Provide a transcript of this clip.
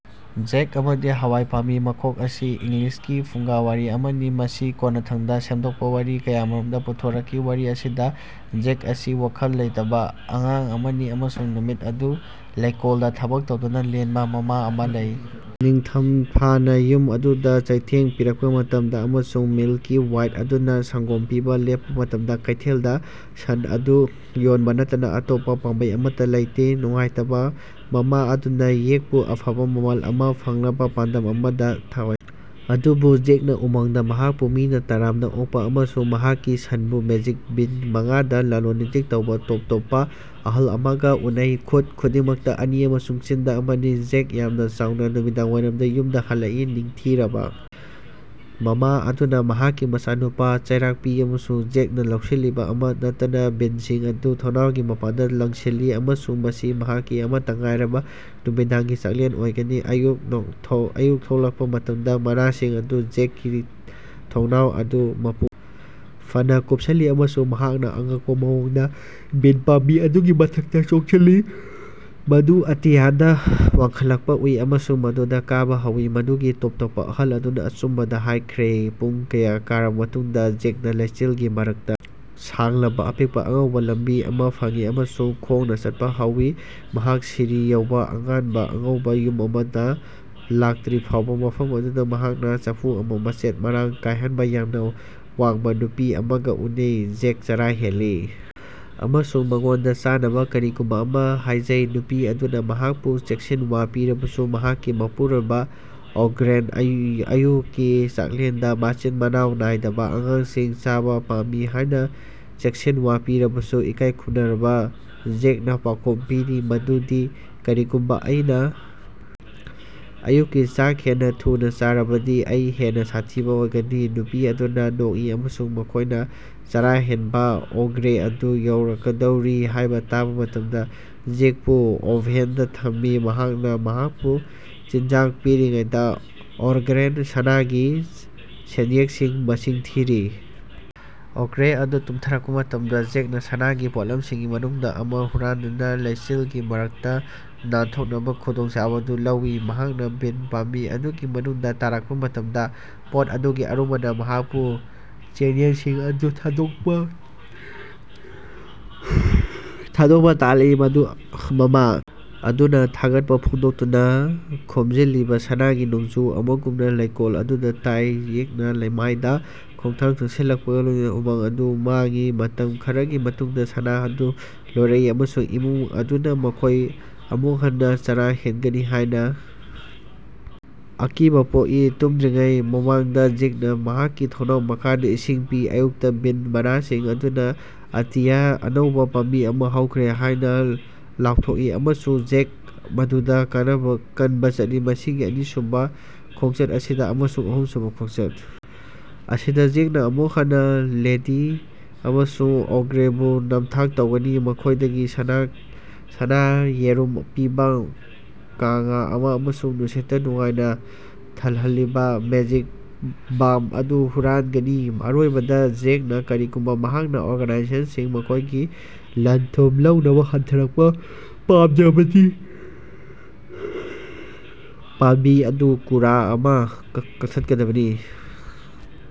ꯖꯦꯛ ꯑꯃꯗꯤ ꯍꯋꯥꯢ ꯄꯥꯝꯕꯤ ꯃꯈꯣꯛ ꯑꯁꯤ ꯏꯪꯂꯤꯁꯀꯤ ꯐꯨꯡꯒꯥꯋꯥꯔꯤ ꯑꯃꯅꯤ꯫ ꯃꯁꯤ ꯀꯣꯟꯅꯊꯪꯗ ꯁꯦꯝꯗꯣꯛꯄ ꯋꯥꯔꯤ ꯀꯌꯥꯃꯔꯨꯝꯗ ꯄꯨꯊꯣꯔꯛꯈꯤ꯫ ꯋꯥꯔꯤ ꯑꯁꯤꯗ ꯖꯦꯛ ꯑꯁꯤ ꯋꯥꯈꯜ ꯂꯩꯇꯕ ꯑꯉꯥꯡ ꯑꯃꯅꯤ ꯑꯃꯁꯨꯡ ꯅꯨꯃꯤꯠ ꯑꯗꯨ ꯂꯩꯀꯣꯜꯗ ꯊꯕꯛ ꯇꯧꯗꯨꯅ ꯂꯦꯟꯕ ꯃꯃꯥ ꯑꯃ ꯂꯩ꯫ ꯅꯤꯡꯊꯝꯊꯥꯅ ꯌꯨꯝ ꯑꯗꯨꯗ ꯆꯩꯊꯦꯡ ꯄꯤꯔꯛꯄ ꯃꯇꯝꯗ ꯑꯃꯁꯨꯡ ꯃꯤꯜꯀꯤ-ꯋꯥꯏꯠ ꯑꯗꯨꯅ ꯁꯪꯒꯣꯝ ꯄꯤꯕ ꯂꯦꯞꯄ ꯃꯇꯝꯗ, ꯀꯩꯊꯦꯜꯗ ꯁꯟ ꯑꯗꯨ ꯌꯣꯟꯕ ꯅꯠꯇꯅ ꯑꯇꯣꯞꯄ ꯄꯥꯝꯕꯩ ꯑꯃꯠꯇ ꯂꯩꯇꯦ꯫ ꯅꯨꯡꯉꯥꯏꯇꯕ ꯃꯃꯥ ꯑꯗꯨꯅ ꯌꯦꯛꯄꯨ ꯑꯐꯕ ꯃꯃꯜ ꯑꯃ ꯐꯪꯅꯕ ꯄꯥꯟꯗꯝ ꯑꯃꯗ ꯊꯋꯥꯢ ꯑꯗꯨꯕꯨ ꯖꯦꯛꯅ ꯎꯃꯪꯗ ꯃꯍꯥꯛꯄꯨ ꯃꯤꯅ ꯇꯔꯥꯝꯅ ꯑꯣꯛꯄ, ꯑꯃꯁꯨꯡ ꯃꯍꯥꯛꯀꯤ ꯁꯟꯕꯨ ꯃꯦꯖꯤꯛ ꯕꯤꯟ ꯃꯉꯥꯗ ꯂꯂꯣꯟ-ꯏꯇꯤꯛ ꯇꯧꯕ ꯇꯣꯞ ꯇꯣꯞꯄ ꯑꯍꯜ ꯑꯃꯒ ꯎꯅꯩ꯫ ꯈꯨꯠ ꯈꯨꯗꯤꯡꯃꯛꯇ ꯑꯅꯤ ꯑꯃꯁꯨꯡ ꯆꯤꯟꯗ ꯑꯃꯅꯤ꯫ ꯖꯦꯛ ꯌꯥꯝꯅ ꯆꯥꯎꯅ ꯅꯨꯃꯤꯗꯥꯡꯋꯥꯏꯔꯝꯗ ꯌꯨꯝꯗ ꯍꯜꯂꯛꯏ꯫ ꯅꯤꯡꯊꯤꯔꯕ ꯃꯃꯥ ꯑꯗꯨꯅ ꯃꯍꯥꯛꯀꯤ ꯃꯆꯥꯅꯨꯄꯥ ꯆꯩꯔꯥꯛ ꯄꯤ ꯑꯃꯁꯨꯡ ꯖꯦꯛꯅ ꯂꯧꯁꯤꯜꯂꯤꯕ ꯑꯃ ꯅꯠꯇꯅ ꯕꯤꯟꯁꯤꯡ ꯑꯗꯨ ꯊꯣꯡꯅꯥꯎꯒꯤ ꯃꯄꯥꯟꯗ ꯂꯪꯁꯤꯜꯂꯤ, ꯑꯃꯁꯨꯡ ꯃꯁꯤ ꯃꯍꯥꯛꯀꯤ ꯑꯃꯠꯇ ꯉꯥꯏꯔꯕ ꯅꯨꯃꯤꯗꯥꯡꯒꯤ ꯆꯥꯛꯂꯦꯟ ꯑꯣꯏꯒꯅꯤ꯫ ꯑꯌꯨꯛ ꯊꯣꯛꯂꯛꯄ ꯃꯇꯝꯗ, ꯃꯅꯥꯁꯤꯡ ꯑꯗꯨꯅ ꯖꯦꯛꯀꯤ ꯊꯣꯡꯅꯥꯎ ꯑꯗꯨ ꯃꯄꯨꯡ ꯐꯥꯅ ꯀꯨꯞꯁꯤꯜꯂꯤ, ꯑꯃꯁꯨꯡ ꯃꯍꯥꯛꯅ ꯑꯉꯛꯄ ꯃꯑꯣꯡꯗ ꯕꯤꯟ ꯄꯥꯝꯕꯤ ꯑꯗꯨꯒꯤ ꯃꯊꯛꯇ ꯆꯣꯡꯁꯤꯜꯂꯤ, ꯃꯗꯨ ꯑꯇꯤꯌꯥꯗ ꯋꯥꯡꯈꯠꯂꯛꯄ ꯎꯏ, ꯑꯃꯁꯨꯡ ꯃꯗꯨꯗ ꯀꯥꯕ ꯍꯧꯋꯤ꯫ ꯃꯗꯨꯒꯤ ꯇꯣꯞ ꯇꯣꯞꯄ ꯑꯍꯜ ꯑꯗꯨꯅ ꯑꯆꯨꯝꯕꯗ ꯍꯥꯏꯈ꯭ꯔꯦ꯫ ꯄꯨꯡ ꯀꯌꯥ ꯀꯥꯔꯕ ꯃꯇꯨꯡꯗ, ꯖꯦꯛꯅ ꯂꯩꯆꯤꯜꯒꯤ ꯃꯔꯛꯇ ꯁꯥꯡꯂꯕ, ꯑꯄꯤꯛꯄ ꯑꯉꯧꯕ ꯂꯝꯕꯤ ꯑꯃ ꯐꯪꯏ ꯑꯃꯁꯨꯡ ꯈꯣꯡꯅ ꯆꯠꯄ ꯍꯧꯋꯤ, ꯃꯍꯥꯛ ꯁꯤꯔꯤ ꯌꯧꯎꯕ ꯑꯉꯥꯟꯕ ꯑꯉꯧꯕ ꯌꯨꯝ ꯑꯃꯗ ꯂꯥꯛꯇ꯭ꯔꯤꯐꯥꯎꯕ꯫ ꯃꯐꯝ ꯑꯗꯨꯗ ꯃꯍꯥꯛꯅ ꯆꯐꯨ ꯑꯃꯗ ꯃꯆꯦꯠ-ꯃꯔꯥꯡ ꯀꯥꯏꯍꯟꯕ ꯌꯥꯝꯅ ꯋꯥꯡꯕ ꯅꯨꯄꯤ ꯑꯃꯒ ꯎꯅꯩ꯫ ꯖꯦꯛ ꯆꯔꯥ ꯍꯦꯜꯂꯤ ꯑꯃꯁꯨꯡ ꯃꯉꯣꯟꯗ ꯆꯥꯅꯕ ꯀꯔꯤꯒꯨꯝꯕ ꯑꯃ ꯍꯥꯏꯖꯩ꯫ ꯅꯨꯄꯤ ꯑꯗꯨꯅ ꯃꯍꯥꯛꯄꯨ ꯆꯦꯛꯁꯤꯟꯋꯥ ꯄꯤꯔꯕꯁꯨ ꯃꯍꯥꯛꯀꯤ ꯃꯄꯨꯔꯣꯏꯕ ꯑꯣꯒ꯭ꯔꯦꯅ ꯑꯌꯨꯛꯀꯤ ꯆꯥꯛꯂꯦꯟꯗ ꯃꯆꯤꯟ ꯃꯅꯥꯎ ꯅꯥꯏꯗꯕ ꯑꯉꯥꯡꯁꯤꯡ ꯆꯥꯕ ꯄꯥꯝꯃꯤ ꯍꯥꯏꯅ ꯆꯦꯛꯁꯤꯟꯋꯥ ꯄꯤꯔꯕꯁꯨ, ꯏꯀꯥꯏ ꯈꯨꯝꯅꯔꯕ ꯖꯦꯛꯅ ꯄꯥꯎꯈꯨꯝ ꯄꯤꯔꯤ ꯃꯗꯨꯗꯤ ꯀꯔꯤꯒꯨꯝꯕ ꯑꯩꯅ ꯑꯌꯨꯛꯀꯤ ꯆꯥꯛ ꯍꯦꯟꯅ ꯊꯨꯅ ꯆꯥꯔꯕꯗꯤ ꯑꯩ ꯍꯦꯟꯅ ꯁꯥꯊꯤꯕ ꯑꯣꯏꯒꯅꯤ ꯫ꯅꯨꯄꯤ ꯑꯗꯨꯅ ꯅꯣꯛꯏ ꯑꯃꯁꯨꯡ ꯃꯈꯣꯏꯅ ꯆꯔꯥ ꯍꯦꯟꯕ ꯑꯣꯒ꯭ꯔꯦ ꯑꯗꯨ ꯌꯧꯔꯛꯀꯗꯧꯔꯤ ꯍꯥꯏꯕ ꯇꯥꯕ ꯃꯇꯝꯗ ꯖꯦꯛꯄꯨ ꯑꯣꯚꯦꯟꯗ ꯊꯝꯃꯤ꯫ ꯃꯍꯥꯛꯅ ꯃꯍꯥꯛꯄꯨ ꯆꯤꯟꯖꯥꯛ ꯄꯤꯔꯤꯉꯩꯗ, ꯑꯣꯔꯒ꯭ꯔꯦꯅ ꯁꯅꯥꯒꯤ ꯁꯦꯟꯌꯦꯛꯁꯤꯡ ꯃꯁꯤꯡ ꯊꯤꯔꯤ꯫ ꯑꯣꯒ꯭ꯔꯦ ꯑꯗꯨ ꯇꯨꯝꯊꯔꯛꯄ ꯃꯇꯝꯗ, ꯖꯦꯛꯅ ꯁꯅꯥꯒꯤ ꯄꯣꯠꯂꯝꯁꯤꯡꯒꯤ ꯃꯅꯨꯡꯗ ꯑꯃ ꯍꯨꯔꯥꯟꯗꯨꯅ ꯂꯩꯆꯤꯜꯒꯤ ꯃꯔꯛꯇ ꯅꯥꯟꯊꯣꯛꯅꯕ ꯈꯨꯗꯣꯡꯆꯥꯕ ꯑꯗꯨ ꯂꯧꯋꯤ꯫ ꯃꯍꯥꯛꯅ ꯕꯤꯟ ꯄꯥꯝꯕꯤ ꯑꯗꯨꯒꯤ ꯃꯅꯨꯡꯗ ꯇꯥꯔꯛꯄ ꯃꯇꯝꯗ, ꯄꯣꯠ ꯑꯗꯨꯒꯤ ꯑꯔꯨꯝꯕꯅ ꯃꯍꯥꯛꯄꯨ ꯁꯦꯟꯌꯦꯛꯁꯤꯡ ꯑꯗꯨ ꯊꯥꯗꯣꯛꯄ ꯇꯥꯍꯜꯂꯤ, ꯃꯗꯨ ꯃꯃꯥ ꯑꯗꯨꯅ ꯊꯥꯒꯠꯄ ꯐꯣꯡꯗꯣꯛꯇꯨꯅ ꯈꯣꯝꯖꯤꯜꯂꯤꯕ ꯁꯅꯥꯒꯤ ꯅꯣꯡꯖꯨ ꯑꯃꯒꯨꯝꯅ ꯂꯩꯀꯣꯜ ꯑꯗꯨꯗ ꯇꯥꯏ꯫ ꯖꯦꯛꯅ ꯂꯩꯃꯥꯏꯗ ꯈꯣꯡꯊꯥꯡ ꯆꯪꯁꯤꯜꯂꯛꯄꯒ ꯂꯣꯏꯅꯅ ꯎꯃꯪ ꯑꯗꯨ ꯃꯥꯡꯏ꯫ ꯃꯇꯝ ꯈꯔꯒꯤ ꯃꯇꯨꯡꯗ, ꯁꯅꯥ ꯑꯗꯨ ꯂꯣꯏꯔꯛꯏ ꯑꯃꯁꯨꯡ ꯏꯃꯨꯡ ꯑꯗꯨꯅ ꯃꯈꯣꯏ ꯑꯃꯨꯛ ꯍꯟꯅ ꯆꯔꯥ ꯍꯦꯟꯒꯅꯤ ꯍꯥꯏꯅ ꯑꯀꯤꯕ ꯄꯣꯛꯏ꯫ ꯇꯨꯝꯗ꯭ꯔꯤꯉꯩ ꯃꯃꯥꯡꯗ ꯖꯦꯛꯅ ꯃꯍꯥꯛꯀꯤ ꯊꯣꯡꯅꯥꯎ ꯃꯈꯥꯗ ꯏꯁꯤꯡ ꯄꯤ꯫ ꯑꯌꯨꯛꯇ ꯕꯤꯟ ꯃꯅꯥꯁꯤꯡ ꯑꯗꯨꯅ ꯑꯇꯤꯌꯥꯗ ꯑꯅꯧꯕ ꯄꯥꯝꯕꯤ ꯑꯃ ꯍꯧꯈ꯭ꯔꯦ ꯍꯥꯏꯅ ꯂꯥꯎꯊꯣꯛꯏ, ꯑꯃꯁꯨ ꯖꯦꯛ ꯃꯗꯨꯗ ꯀꯥꯟꯅꯕ ꯀꯟꯕ ꯆꯠꯂꯤ꯫ ꯃꯁꯤꯒꯤ ꯑꯅꯤꯁꯨꯕ ꯈꯣꯡꯆꯠ ꯑꯁꯤꯗ, ꯑꯃꯁꯨꯡ ꯑꯍꯨꯝꯁꯨꯕ ꯈꯣꯡꯆꯠ ꯑꯁꯤꯗ, ꯖꯦꯛꯅ ꯑꯃꯨꯛ ꯍꯟꯅ ꯂꯦꯗꯤ ꯑꯃꯁꯨꯡ ꯑꯣꯒ꯭ꯔꯦꯕꯨ ꯅꯝꯊꯥꯛ ꯇꯧꯒꯅꯤ, ꯃꯈꯣꯏꯗꯒꯤ ꯁꯅꯥꯒꯤ ꯌꯦꯔꯨꯝ ꯄꯤꯕ ꯀꯥꯡꯉꯥ ꯑꯃ ꯑꯃꯁꯨꯡ ꯅꯨꯡꯁꯤꯠꯇ ꯅꯨꯡꯉꯥꯏꯅ ꯊꯜꯍꯜꯂꯤꯕ ꯃꯦꯖꯤꯛ ꯕꯥꯝ ꯑꯗꯨ ꯍꯨꯔꯥꯟꯒꯅꯤ꯫ ꯑꯔꯣꯏꯕꯗ, ꯖꯦꯛꯅ ꯀꯔꯤꯒꯨꯝꯕ ꯃꯍꯥꯛꯅ ꯑꯣꯔꯒꯅꯥꯢꯖꯦꯁꯟꯁꯤꯡ ꯃꯈꯣꯏꯒꯤ ꯂꯟ-ꯊꯨꯝ ꯂꯧꯅꯕ ꯍꯟꯊꯔꯛꯄ ꯄꯥꯝꯗ꯭ꯔꯕꯗꯤ ꯄꯥꯝꯕꯤ ꯑꯗꯨ ꯀꯨꯔꯥ ꯑꯃꯅ ꯀꯛꯊꯠꯀꯗꯕꯅꯤ꯫"